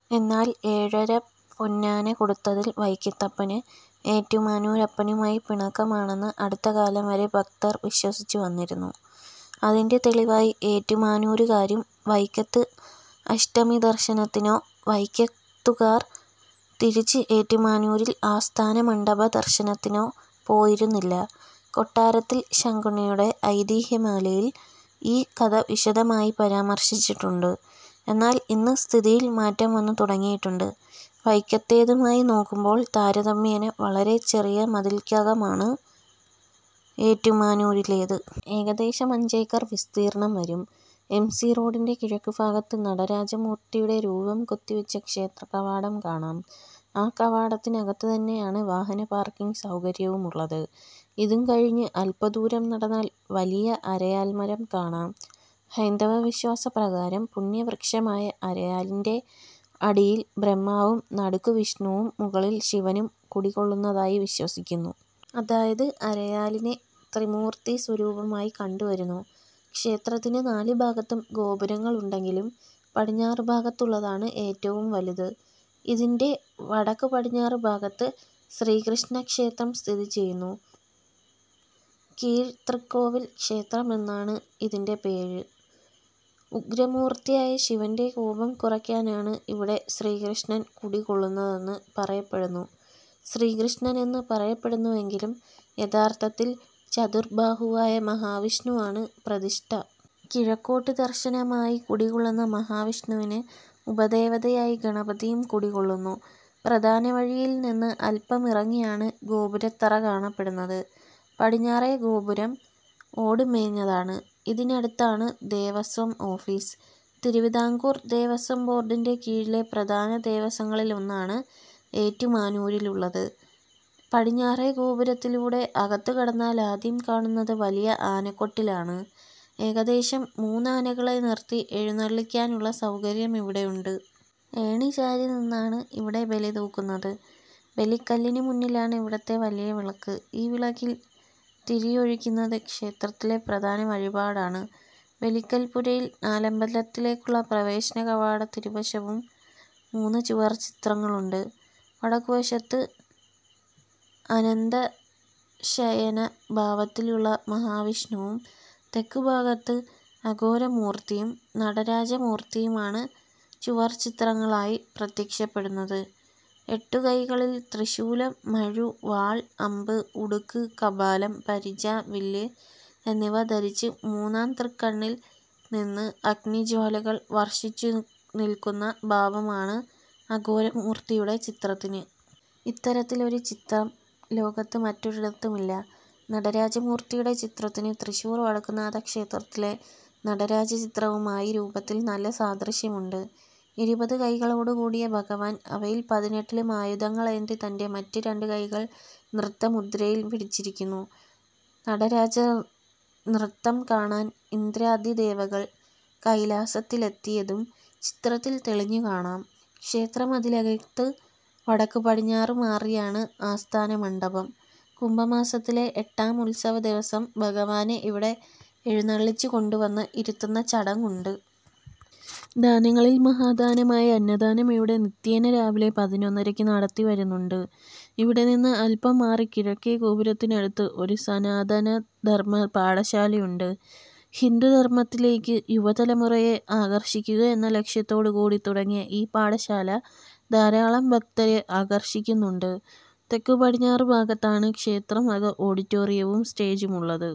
എന്നാൽ, ഏഴരപ്പൊന്നാന കൊടുത്തതിൽ വൈക്കത്തപ്പന് ഏറ്റുമാനൂരപ്പനുമായി പിണക്കമാണെന്ന് അടുത്തകാലം വരെ ഭക്തർ വിശ്വസിച്ചുവന്നിരുന്നു. അതിന്റെ തെളിവായി ഏറ്റുമാനൂരുകാരാരും വൈക്കത്ത് അഷ്ടമിദർശനത്തിനോ വൈക്കത്തുകാർ തിരിച്ച് ഏറ്റുമാനൂരിൽ ആസ്ഥാനമണ്ഡപദർശനത്തിനോ പോയിരുന്നില്ല. കൊട്ടാരത്തിൽ ശങ്കുണ്ണിയുടെ ഐതിഹ്യമാലയിൽ ഈ കഥ വിശദമായി പരാമർശിച്ചിട്ടുണ്ട്. എന്നാൽ, ഇന്ന് സ്ഥിതിയിൽ മാറ്റം വന്നുതുടങ്ങിയിട്ടുണ്ട്. വൈക്കത്തേതുമായി നോക്കുമ്പോൾ താരതമ്യേന വളരെ ചെറിയ മതിൽക്കകമാണ് ഏറ്റുമാനൂരിലേത്. ഏകദേശം അഞ്ചേക്കർ വിസ്തീർണ്ണം വരും. എം. സി. റോഡിന്റെ കിഴക്കുഭാഗത്ത് നടരാജമൂർത്തിയുടെ രൂപം കൊത്തിവച്ച ക്ഷേത്രകവാടം കാണാം. ആ കവാടത്തിനകത്തുതന്നെയാണ് വാഹനപാർക്കിംഗ് സൗകര്യവും ഉള്ളത്. ഇതും കഴിഞ്ഞ് അല്പദൂരം നടന്നാൽ വലിയ അരയാൽമരം കാണാം. ഹൈന്ദവവിശ്വാസപ്രകാരം പുണ്യവൃക്ഷമായ അരയാലിന്റെ അടിയിൽബ്രഹ്മാവും നടുക്ക് വിഷ്ണുവും മുകളിൽ ശിവനും കുടികൊള്ളുന്നതായി വിശ്വസിക്കുന്നു. അതായത്, അരയാലിനെ ത്രിമൂർത്തീസ്വരൂപമായി കണ്ടുവരുന്നു. ക്ഷേത്രത്തിന് നാലുഭാഗത്തും ഗോപുരങ്ങളുണ്ടെങ്കിലും പടിഞ്ഞാറുഭാഗത്തുള്ളതാണ് ഏറ്റവും വലുതു്. ഇതിന്റെ വടക്കുപടിഞ്ഞാറുഭാഗത്ത് ശ്രീകൃഷ്ണക്ഷേത്രം സ്ഥിതിചെയ്യുന്നു. 'കീഴ്തൃക്കോവിൽ ക്ഷേത്രം' എന്നാണ് ഇതിന്റെ പേര്. ഉഗ്രമൂർത്തിയായ ശിവന്റെ കോപം കുറയ്ക്കാനാണ് ഇവിടെ ശ്രീകൃഷ്ണൻ കുടികൊള്ളുന്നതെന്ന് പറയപ്പെടുന്നു. ശ്രീകൃഷ്ണനെന്ന് പറയപ്പെടുന്നുവെങ്കിലും യഥാർത്ഥത്തിൽ ചതുർബാഹുവായ മഹാവിഷ്ണുവാണ് പ്രതിഷ്ഠ. കിഴക്കോട്ട് ദർശനമായി കുടികൊള്ളുന്ന മഹാവിഷ്ണുവിന് ഉപദേവതയായി ഗണപതിയും കുടികൊള്ളുന്നു. പ്രധാനവഴിയിൽ നിന്ന് അല്പമിറങ്ങിയാണ് ഗോപുരത്തറ കാണപ്പെടുന്നത്. പടിഞ്ഞാറേ ഗോപുരം ഓടുമേഞ്ഞതാണ്. ഇതിനടുത്താണ് ദേവസ്വം ഓഫീസ്. തിരുവിതാംകൂർ ദേവസ്വം ബോർഡിന്റെ കീഴിലെ പ്രധാന ദേവസ്വങ്ങളിലൊന്നാണ് ഏറ്റുമാനൂരിലുള്ളത്. പടിഞ്ഞാറേ ഗോപുരത്തിലൂടെ അകത്തുകടന്നാൽ ആദ്യം കാണുന്നത് വലിയ ആനക്കൊട്ടിലാണ്. ഏകദേശം മൂന്നാനകളെ നിർത്തി എഴുന്നള്ളിയ്ക്കാനുള്ള സൗകര്യം ഇവിടെയുണ്ട്. ഏണിചാരിനിന്നാണ് ഇവിടെ ബലിതൂകുന്നത്. ബലിക്കല്ലിനുമുന്നിലാണ് ഇവിടത്തെ 'വലിയ വിളക്ക്'. ഈ വിളക്കിൽ തിരിയൊഴിയ്ക്കുന്നത് ക്ഷേത്രത്തിലെ പ്രധാന വഴിപാടാണ്. ബലിക്കൽപ്പുരയിൽ നാലമ്പലത്തിലേയ്ക്കുള്ള പ്രവേശനകവാടത്തിരുവശവും മൂന്ന് ചുവർച്ചിത്രങ്ങളുണ്ട്. വടക്കുവശത്ത് അനന്തശയനഭാവത്തിലുള്ള മഹാവിഷ്ണുവും തെക്കുഭാഗത്ത് അഘോരമൂർത്തിയും നടരാജമൂർത്തിയുമാണ് ചുവർച്ചിത്രങ്ങളായി പ്രത്യക്ഷപ്പെടുന്നത്. എട്ടുകൈകളിൽ ത്രിശൂലം, മഴു, വാൾ, അമ്പ്, ഉടുക്ക്, കപാലം, പരിച, വില്ല് എന്നിവ ധരിച്ച് മൂന്നാം തൃക്കണ്ണിൽ നിന്ന് അഗ്നിജ്വാലകൾ വർഷിച്ചുനിൽക്കുന്ന ഭാവമാണ് അഘോരമൂർത്തിയുടെ ചിത്രത്തിന്. ഇത്തരത്തിലൊരു ചിത്രം ലോകത്ത് മറ്റൊരിടത്തുമില്ല. നടരാജമൂർത്തിയുടെ ചിത്രത്തിന് തൃശ്ശൂർ വടക്കുന്നാഥക്ഷേത്രത്തിലെ നടരാജചിത്രവുമായി രൂപത്തിൽ നല്ല സാദൃശ്യമുണ്ട്. ഇരുപതുകൈകളോടുകൂടിയ ഭഗവാൻ അവയിൽ പതിനെട്ടിലും ആയുധങ്ങളേന്തി തന്റെ മറ്റ് രണ്ടുകൈകൾ നൃത്തമുദ്രയിൽ പിടിച്ചിരിയ്ക്കുന്നു. നടരാജനൃത്തം കാണാൻ ഇന്ദ്രാദിദേവകൾ കൈലാസത്തിലെത്തിയതും ചിത്രത്തിൽ തെളിഞ്ഞുകാണാം. ക്ഷേത്രമതിലകത്ത് വടക്കുപടിഞ്ഞാറുമാറിയാണ് 'ആസ്ഥാനമണ്ഡപം'. കുംഭമാസത്തിലെ എട്ടാം ഉത്സവദിവസം ഭഗവാനെ ഇവിടെ എഴുന്നള്ളിച്ചുകൊണ്ടുവന്ന് ഇരുത്തുന്ന ചടങ്ങുണ്ട്. ദാനങ്ങളിൽ മഹാദാനമായ അന്നദാനം ഇവിടെ നിത്യേന രാവിലെ പതിനൊന്നരയ്ക്ക് നടത്തിവരുന്നുണ്ട്. ഇവിടെ നിന്ന് അല്പം മാറി കിഴക്കേ ഗോപുരത്തിനടുത്ത് ഒരു സനാതനധർമ്മ പാഠശാലയുണ്ട്. ഹിന്ദുധർമ്മത്തിലേയ്ക്ക് യുവതലമുറയെ ആകർഷിയ്ക്കുക എന്ന ലക്ഷ്യത്തോടുകൂടി തുടങ്ങിയ ഈ പാഠശാല ധാരാളം ഭക്തരെ ആകർഷിയ്ക്കുന്നുണ്ട്. തെക്കുപടിഞ്ഞാറുഭാഗത്താണ് ക്ഷേത്രം വക ഓഡിറ്റോറിയവും സ്റ്റേജുമുള്ളത്.